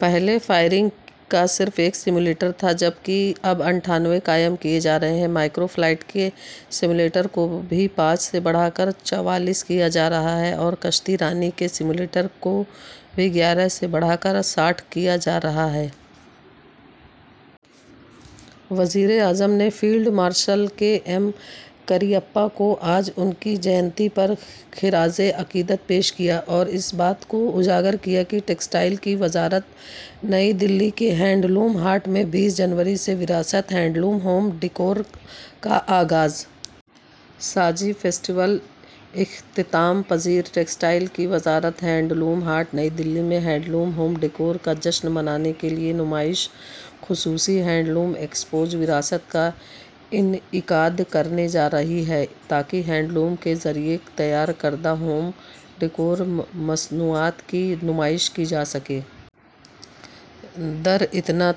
پہلے فائرنگ کا صرف ایک سیمولیٹر تھا، جب کہ اب اٹھانوے قائم کیے جا رہے ہیں۔ مائیکرو فلائٹ کے سیمولیٹر کو بھی پانچ سے بڑھا کر چوالیس کیا جا رہا ہے اور کشتی رانی کے سیمولیٹر کو بھی گیارہ سے بڑھا کر ساٹھ کیا جا رہا ہے۔ وزیر اعظم نے field marshal K M Cariappa کو آج ان کی جینتی پر خراجِ عقیدت پیش کیا اور اس بات کو اجاگر کیا کہ۔ ٹیکسٹائل کی وزارت نئی دہلی کے ہینڈلوم ہاٹ میں بیس جنوری سے ''وراست'' ہینڈلوم ہوم ڈیکور کا آغاز۔ ساڑی فیسٹیول اختتام پذیر۔ ٹیکسٹائل کی وزارت ہینڈلوم ہاٹ، نئی دہلی میں ہینڈلوم ہوم ڈیکور کا جشن منانے کے لیے نمائش، خصوصی ہینڈلوم ایکسپو ''وراست'' کا انعقاد کرنے جا رہی ہے، تاکہ ہینڈلوم کے ذریعے تیار کردہ ہوم ڈیکور مصنوعات کی نمائش کی جا سکے۔ دریں اثنا،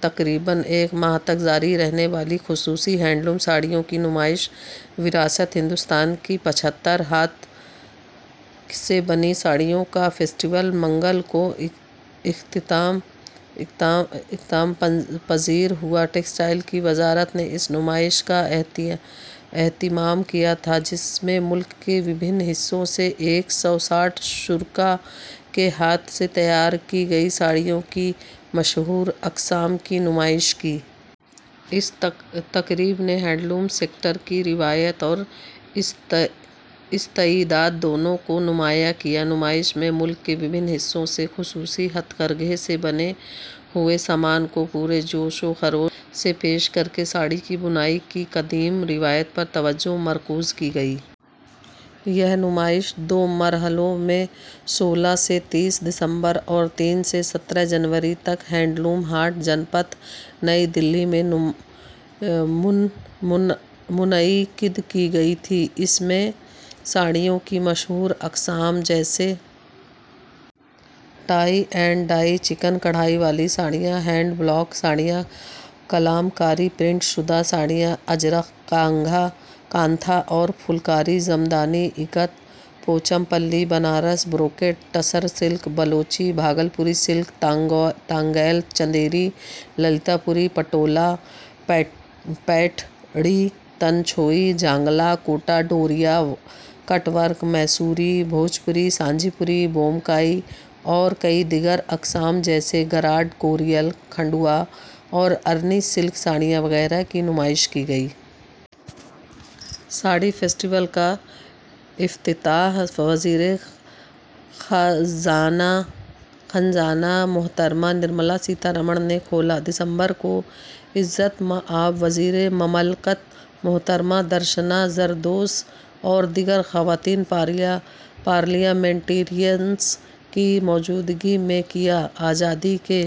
تقریباً ایک ماہ تک جاری رہنے والی خصوصی ہینڈلوم ساڑیوں کی نمائش ''وراست''، ہندوستان کی پچہتر ہاتھ سے بنی ساڑیوں کا فیسٹیول، منگل کو اختتام پذیر ہوا۔ ٹیکسٹائل کی وزارت نے اس نمائش کا اہتمام کیا تھا، جس میں ملک کے مختلف حصوں سے ایک سو ساٹھ شرکاء نے ہاتھ سے تیار کی گئی ساڑیوں کی مشہور اقسام کی نمائش کی۔ اس تقریب نے ہینڈلوم سیکٹر کی روایت اور استعداد، دونوں کو نمایاں کیا۔ نمائش میں ملک کے مختلف حصوں سے خصوصی ہتھ کرگھے سے بنے ہوئے سامان کو پورے جوش و خروش سے پیش کرکے ساڑی کی بنائی کی قدیم روایت پر توجہ مرکوز کی گئی۔ یہ نمائش دو مرحلوں میں سولہ سے تیس دسمبر اور تین سے سترہ جنوری تک ہینڈلوم ہاٹ، جن پتھ، نئی دہلی میں منعقد کی گئی تھی۔ اس میں ساڑیوں کی مشہور اقسام، جیسے ٹائی اینڈ ڈائی، چکن کڑھائی والی ساڑیاں، ہینڈ بلاک ساڑیاں، کلام کاری پرنٹ شدہ ساڑیاں، اجرکھ، کانٹھا اور Phulkari, Jamdani, Ikat, Pochampally, Banaras brocade, Tussar silk, Baluchi, Bhagalpuri silk, Tangail, Chanderi, Lalitpuri, Patola, Paithani, Tanchoi, Jangla, Kota Doria, cut work, Maheshwari, Bhujodi, Sanjhipuri, Bomkai اور کئی دیگر اقسام، جیسے گراد کوریال، کھنڈوا اور ارنی سلک ساڑیاں وغیرہ کی نمائش کی گئی۔ ساڑی فیسٹیول کا افتتاح وزیر خزانہ محترمہ نرملا سیتا رمن نے سولہ دسمبر کو عزت مآب وزیر مملکت محترمہ درشنا جردوش اور دیگر خواتین پارلیمنٹیرینز کی موجودگی میں کیا۔ آزادی کے